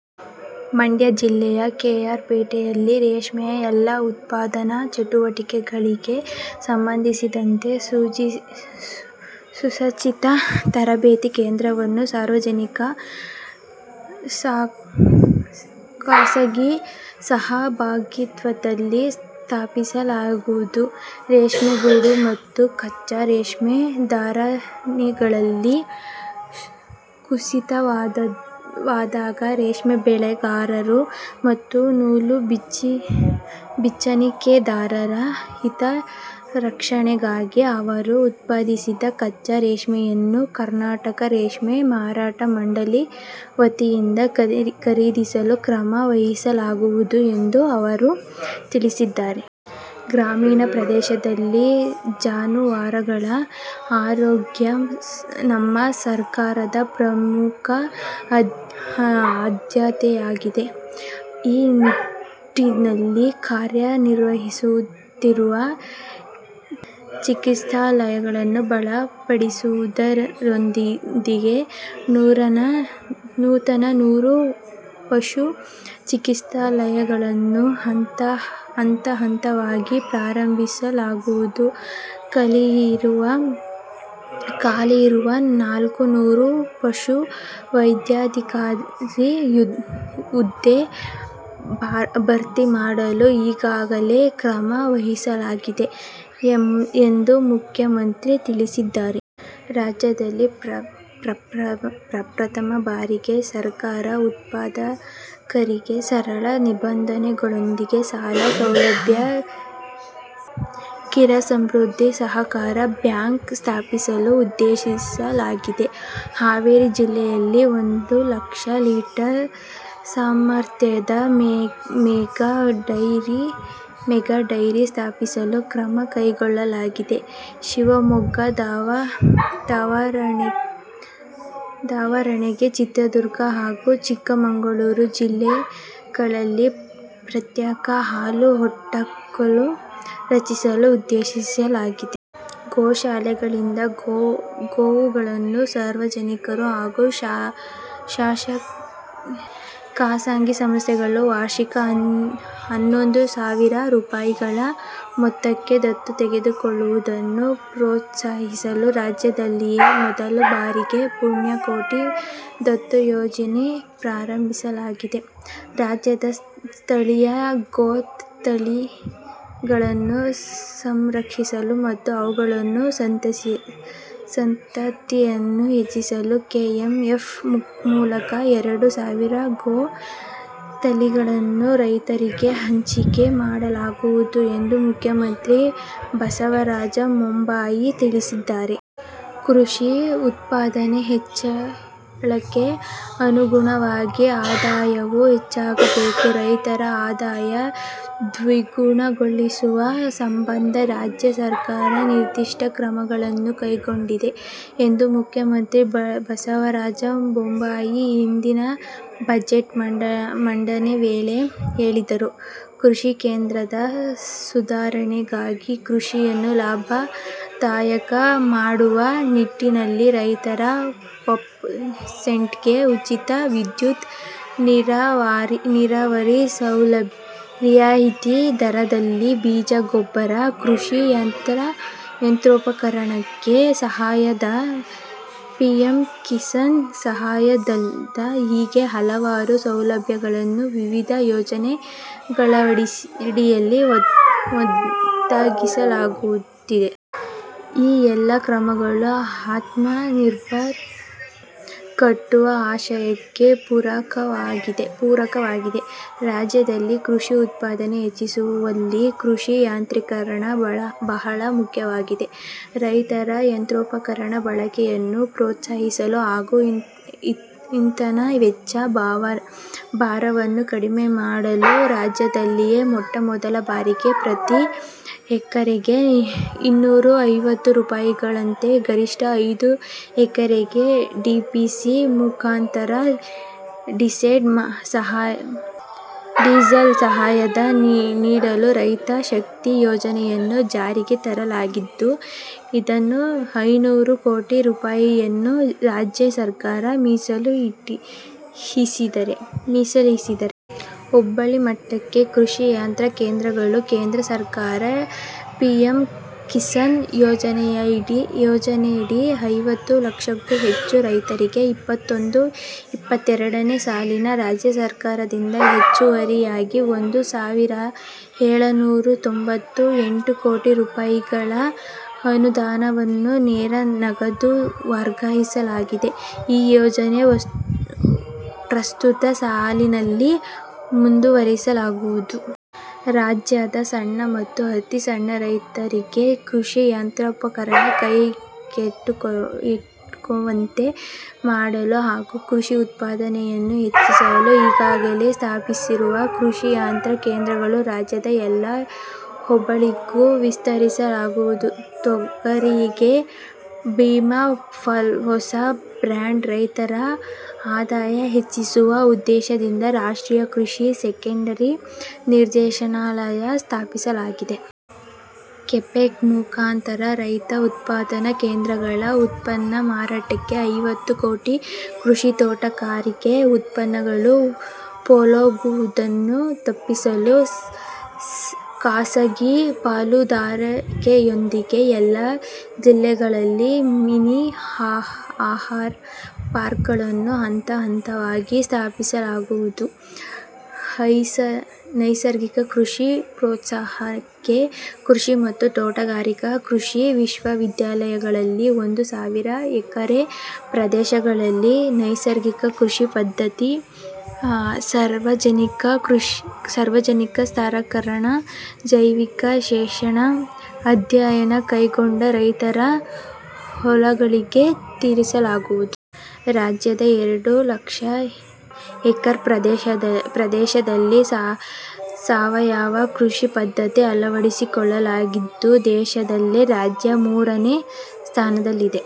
ಮಂಡ್ಯ ಜಿಲ್ಲೆಯ K. R. ಪೇಟೆಯಲ್ಲಿ ರೇಷ್ಮೆಯ ಎಲ್ಲಾ ಉತ್ಪಾದನಾ ಚಟುವಟಿಕೆಗಳಿಗೆ ಸಂಬಂಧಿಸಿದಂತೆ ಸುಸಜ್ಜಿತ ತರಬೇತಿ ಕೇಂದ್ರವನ್ನು ಸಾರ್ವಜನಿಕ- ಖಾಸಗಿ ಸಹಭಾಗಿತ್ವದಲ್ಲಿ ಸ್ಥಾಪಿಸಲಾಗುವುದು, ರೇಷ್ಮೆಗೂಡು ಮತ್ತು ಕಚ್ಚಾ ರೇಷ್ಮೆ ಧಾರಣೆಗಳಲ್ಲಿ ಕುಸಿತವಾದಾಗ ರೇಷ್ಮೆ ಬೆಳೆಗಾರರು ಮತ್ತು ನೂಲು ಬಿಚ್ಚಣಿಕೆದಾರರ ಹಿತರಕ್ಷಣೆಗಾಗಿ ಅವರು ಉತ್ಪಾದಿಸಿದ ಕಚ್ಚಾ ರೇಷ್ಮೆಯನ್ನು ಕರ್ನಾಟಕ ರೇಷ್ಮೆ ಮಾರಾಟ ಮಂಡಳಿ ವತಿಯಿಂದ ಖರೀದಿಸಲು ಕ್ರಮ ವಹಿಸಲಾಗುವುದು ಎಂದು ಅವರು ತಿಳಿಸಿದ್ದಾರೆ. ಗ್ರಾಮೀಣ ಪ್ರದೇಶದಲ್ಲಿ ಜಾನುವಾರಗಳ ಆರೋಗ್ಯ ನಮ್ಮ ಸರ್ಕಾರದ ಪ್ರಮುಖ ಆದ್ಯತೆಯಾಗಿದ್ದು, ಈ ನಿಟ್ಟಿನಲ್ಲಿ ಕಾರ್ಯನಿರ್ವಹಿಸುತ್ತಿರುವ ಚಿಕಿತ್ಸಾಲಯಗಳನ್ನು ಬಲಪಡಿಸುವುದರೊಂದಿಗೆ ನೂತನ ನೂರು ಪಶು ಚಿಕಿತ್ಸಾಲಯಗಳನ್ನು ಹಂತ ಹಂತವಾಗಿ ಪ್ರಾರಂಭಿಸಲಾಗುವುದು, ಖಾಲಿಯಿರುವ ನಾಲ್ಕು ನೂರು ಪಶು ವೈದ್ಯಾಧಿಕಾರಿ ಹುದ್ದೆ ಭರ್ತಿ ಮಾಡಲು ಈಗಾಗಲೇ ಕ್ರಮ ವಹಿಸಲಾಗಿದೆ ಎಂದು ಮುಖ್ಯಮಂತ್ರಿ ತಿಳಿಸಿದ್ದಾರೆ. ರಾಜ್ಯದಲ್ಲಿ ಪ್ರಪ್ರಥಮ ಬಾರಿಗೆ ಸರ್ಕಾರ ಉತ್ಪಾದಕರಿಗೆ ಸರಳ ನಿಬಂಧನೆಗಳೊಂದಿಗೆ ಸಾಲ ಸೌಲಭ್ಯ- ಕ್ಷೀರ ಸಮೃದ್ಧಿ ಸಹಕಾರ ಬ್ಯಾಂಕ್ ಸ್ಥಾಪಿಸಲು ಉದ್ದೇಶಿಸಲಾಗಿದೆ. ಹಾವೇರಿ ಜಿಲ್ಲೆಯಲ್ಲಿ ಒಂದು ಲಕ್ಷ ಲೀಟರ್ ಸಾಮರ್ಥ್ಯದ ಮೆಗಾ ಡೈರಿ ಸ್ಥಾಪಿಸಲು ಕ್ರಮ ಕೈಗೊಳ್ಳಲಾಗಿದೆ. ಶಿವಮೊಗ್ಗ, ದಾವಣಗೆರೆ- ಚಿತ್ರದುರ್ಗ ಹಾಗೂ ಚಿಕ್ಕಮಗಳೂರು ಜಿಲ್ಲೆಗಳಲ್ಲಿ ಪ್ರತ್ಯೇಕ ಹಾಲು ಒಕ್ಕೂಟ ರಚಿಸಲು ಉದ್ದೇಶಿಸಲಾಗಿದೆ. ಗೋಶಾಲೆಗಳಲ್ಲಿನ ಗೋವುಗಳನ್ನು ಸಾರ್ವಜನಿಕರು ಹಾಗೂ ಖಾಸಗಿ ಸಂಸ್ಥೆಗಳು ವಾರ್ಷಿಕ ಹನ್ನೊಂದು ಸಾವಿರ ರುಪಾಯಿಗಳ ಮೊತ್ತಕ್ಕೆ ದತ್ತು ತೆಗೆದುಕೊಳ್ಳುವುದನ್ನು ಪ್ರೋತ್ಸಾಹಿಸಲು ರಾಜ್ಯದಲ್ಲಿಯೇ ಮೊದಲ ಬಾರಿಗೆ ಪುಣ್ಯಕೋಟಿ ದತ್ತು ಯೋಜನೆ ಪ್ರಾರಂಭಿಸಲಾಗಿದೆ. ರಾಜ್ಯದ ಸ್ಥಳೀಯ ಗೋ ತಳಿಗಳನ್ನು ಸಂರಕ್ಷಿಸಲು ಮತ್ತು ಅವುಗಳ ಸಂತತಿಯನ್ನು ಹೆಚ್ಚಿಸಲು ಕೆ. ಎಂ. ಎಫ್ ಮೂಲಕ ಎರಡು ಸಾವಿರ ಗೋ ತಳಿಗಳನ್ನು ರೈತರಿಗೆ ಹಂಚಿಕೆ ಮಾಡಲಾಗುವುದು ಎಂದು ಮುಖ್ಯಮಂತ್ರಿ ಬಸವರಾಜ ಬೊಮ್ಮಾಯಿ ತಿಳಿಸಿದ್ದಾರೆ. ಕೃಷಿ ಉತ್ಪಾದನೆ ಹೆಚ್ಚಳಕ್ಕೆ ಅನುಗುಣವಾಗಿ ಆದಾಯವೂ ಹೆಚ್ಚಾಗಬೇಕು. ರೈತರ ಆದಾಯ ದ್ವಿಗುಣಗೊಳಿಸುವ ಸಂಬಂಧ ರಾಜ್ಯ ಸರ್ಕಾರ ನಿರ್ದಿಷ್ಟ ಕ್ರಮಗಳನ್ನು ಕೈಗೊಂಡಿದೆ ಎಂದು ಮುಖ್ಯಮಂತ್ರಿ ಬಸವರಾಜ ಬೊಮ್ಮಾಯಿ ಇಂದಿನ ಬಜೆಟ್ ಮಂಡನೆ ವೇಳೆ ಹೇಳಿದರು. ಕೃಷಿ ಕ್ಷೇತ್ರದ ಸುಧಾರಣೆಗಾಗಿ ಕೃಷಿಯನ್ನು ಲಾಭದಾಯಕ ಮಾಡುವ ನಿಟ್ಟಿನಲ್ಲಿ ರೈತರ ಪಂಪ್ ಸೆಟ್ ಗೆ ಉಚಿತ ವಿದ್ಯುತ್, ನೀರಾವರಿ ಸೌಲಭ್ಯ, ರಿಯಾಯಿತಿ ದರದಲ್ಲಿ ಬೀಜ ಗೊಬ್ಬರ, ಕೃಷಿ ಯಂತ್ರೋಪಕರಣಕ್ಕೆ ಸಹಾಯಧನ, ಪಿಎಂ ಕಿಸಾನ್ ಸಹಾಯಧನ ಹೀಗೆ ಹಲವಾರು ಸೌಲಭ್ಯಗಳನ್ನು ವಿವಿಧ ಯೋಜನೆಗಳಡಿಯಲ್ಲಿ ಒದಗಿಸಲಾಗುತ್ತಿದೆ. ಈ ಎಲ್ಲ ಕ್ರಮಗಳು ಆತ್ಮ ನಿರ್ಭರ್ ಕಟ್ಟುವ ಆಶಯಕ್ಕೆ ಪೂರಕವಾಗಿದೆ. ರಾಜ್ಯದಲ್ಲಿ ಕೃಷಿ ಉತ್ಪಾದನೆ ಹೆಚ್ಚಿಸುವಲ್ಲಿ ಕೃಷಿ ಯಂತ್ರೀಕರಣ ಬಹಳ ಮುಖ್ಯವಾಗಿದೆ. ರೈತರ ಯಂತ್ರೋಪಕರಣ ಬಳಕೆಯನ್ನು ಪ್ರೋತ್ಸಾಹಿಸಲು ಹಾಗೂ ಇಂಧನ ವೆಚ್ಚ ಭಾರವನ್ನು ಕಡಿಮೆ ಮಾಡಲು ರಾಜ್ಯದಲ್ಲಿಯೇ ಮೊಟ್ಟ ಮೊದಲ ಬಾರಿಗೆ ಪ್ರತಿ ಎಕರೆಗೆ ಇನ್ನೂರಾ ಐವತ್ತು ರೂಪಾಯಿಗಳಂತೆ ಗರಿಷ್ಠ ಐದು ಎಕರೆಗೆ ಡಿಬಿಟಿ ಮುಖಾಂತರ ಡೀಸೆಲ್ ಸಹಾಯಧನ ನೀಡಲು ರೈತ ಶಕ್ತಿ ಯೋಜನೆಯನ್ನು ಜಾರಿಗೆ ತರಲಾಗಿದ್ದು, ಇದಕ್ಕೆ ಐನೂರು ಕೋಟಿ ರೂಪಾಯಿಯನ್ನು ರಾಜ್ಯ ಸರ್ಕಾರ ಮೀಸಲು ಇರಿಸಿದೆ. ಹೋಬಳಿ ಮಟ್ಟಕ್ಕೆ ಕೃಷಿ ಯಂತ್ರ ಕೇಂದ್ರಗಳು ಕೇಂದ್ರ ಸರ್ಕಾರ ಪಿಎಂ ಕಿಸಾನ್ ಯೋಜನೆಯಡಿ ಐವತ್ತು ಲಕ್ಷಕ್ಕೂ ಹೆಚ್ಚು ರೈತರಿಗೆ ಇಪ್ಪತ್ತೊಂದು-ಇಪ್ಪತೆರಡನೇ ಸಾಲಿನ ರಾಜ್ಯ ಸರ್ಕಾರದಿಂದ ಹೆಚ್ಚುವರಿಯಾಗಿ ಒಂದು ಸಾವಿರದ ಏಳುನೂರಾ ತೊಂಬತ್ತ ಎಂಟು ಕೋಟಿ ರುಪಾಯಿಗಳ ಅನುದಾನವನ್ನು ನೇರ ನಗದು ವರ್ಗಾಯಿಸಲಾಗಿದೆ. ಈ ಯೋಜನೆ ಪ್ರಸ್ತುತ ಸಾಲಿನಲ್ಲಿ ಮುಂದುವರಿಸಲಾಗುವುದು. ರಾಜ್ಯದ ಸಣ್ಣ ಮತ್ತು ಅತೀ ಸಣ್ಣ ರೈತರಿಗೆ ಕೃಷಿ ಯಂತ್ರೋಪಕರಣ ಕೈಗೆಟಕುವಂತೆ ಮಾಡಲು ಹಾಗೂ ಕೃಷಿ ಉತ್ಪಾದಕತೆಯನ್ನು ಹೆಚ್ಚಿಸಲು ಈಗಾಗಲೇ ಸ್ಥಾಪಿಸಿರುವ ಕೃಷಿ ಯಂತ್ರ ಕೇಂದ್ರಗಳು ರಾಜ್ಯದ ಎಲ್ಲ ಹೋಬಳಿಗೂ ವಿಸ್ತರಿಸಲಾಗುವುದು. ತೊಗರಿಗೆ ಭೀಮಾ ಪಲ್ಸ್ ಹೊಸ ಬ್ರ್ಯಾಂಡ್ ರೈತರ ಆದಾಯ ಹೆಚ್ಚಿಸುವ ಉದ್ದೇಶದಿಂದ ರಾಷ್ಟ್ರೀಯ ಕೃಷಿ ಸೆಕೆಂಡರಿ ನಿರ್ದೇಶನಾಲಯ ಸ್ಥಾಪಿಸಲಾಗಿದೆ. ಕೆಪೆಕ್ ಮುಖಾಂತರ ರೈತ ಉತ್ಪಾದನಾ ಕೇಂದ್ರಗಳ ಉತ್ಪನ್ನ ಮಾರಾಟಕ್ಕೆ ಐವತ್ತು ಕೋಟಿ, ಕೃಷಿ ತೋಟಗಾರಿಕೆ ಉತ್ಪನ್ನಗಳು ಪೋಲಾಗುವುದನ್ನು ತಪ್ಪಿಸಲು ಖಾಸಗಿ ಪಾಲುದಾರಿಕೆಯೊಂದಿಗೆ ಎಲ್ಲ ಜಿಲ್ಲೆಗಳಲ್ಲಿ ಮಿನಿ ಆಹಾರ ಪಾರ್ಕ್ ಗಳನ್ನು ಹಂತ-ಹಂತವಾಗಿ ಸ್ಥಾಪಿಸಲಾಗುವುದು. ನೈಸರ್ಗಿಕ ಕೃಷಿ ಪ್ರೋತ್ಸಾಹಕ್ಕೆ ಕೃಷಿ ಮತ್ತು ತೋಟಗಾರಿಕಾ ಕೃಷಿ ವಿಶ್ವವಿದ್ಯಾಲಯಗಳಲ್ಲಿ ಒಂದು ಸಾವಿರ ಎಕರೆ ಪ್ರದೇಶಗಳಲ್ಲಿ ನೈಸರ್ಗಿಕ ಕೃಷಿ ಪದ್ಧತಿ, ಸಾರ್ವಜನಿಕ ಸ್ಥಿರಕರಣ, ಜೈವಿಕ ವಿಶ್ಲೇಷಣೆ ಅಧ್ಯಯನ ಕೈಗೊಂಡು ರೈತರ ಹೊಲಗಳಿಗೆ ವಿತರಿಸಲಾಗುವುದು. ರಾಜ್ಯದ ಎರಡು ಲಕ್ಷ ಹೆಕ್ಟೇರ್ ಪ್ರದೇಶದಲ್ಲಿ ಸಾವಯವ ಕೃಷಿ ಪದ್ಧತಿ ಅಳವಡಿಸಿಕೊಳ್ಳಲಾಗಿದ್ದು, ದೇಶದಲ್ಲೇ ರಾಜ್ಯ ಮೂರನೇ ಸ್ಥಾನದಲ್ಲಿದೆ.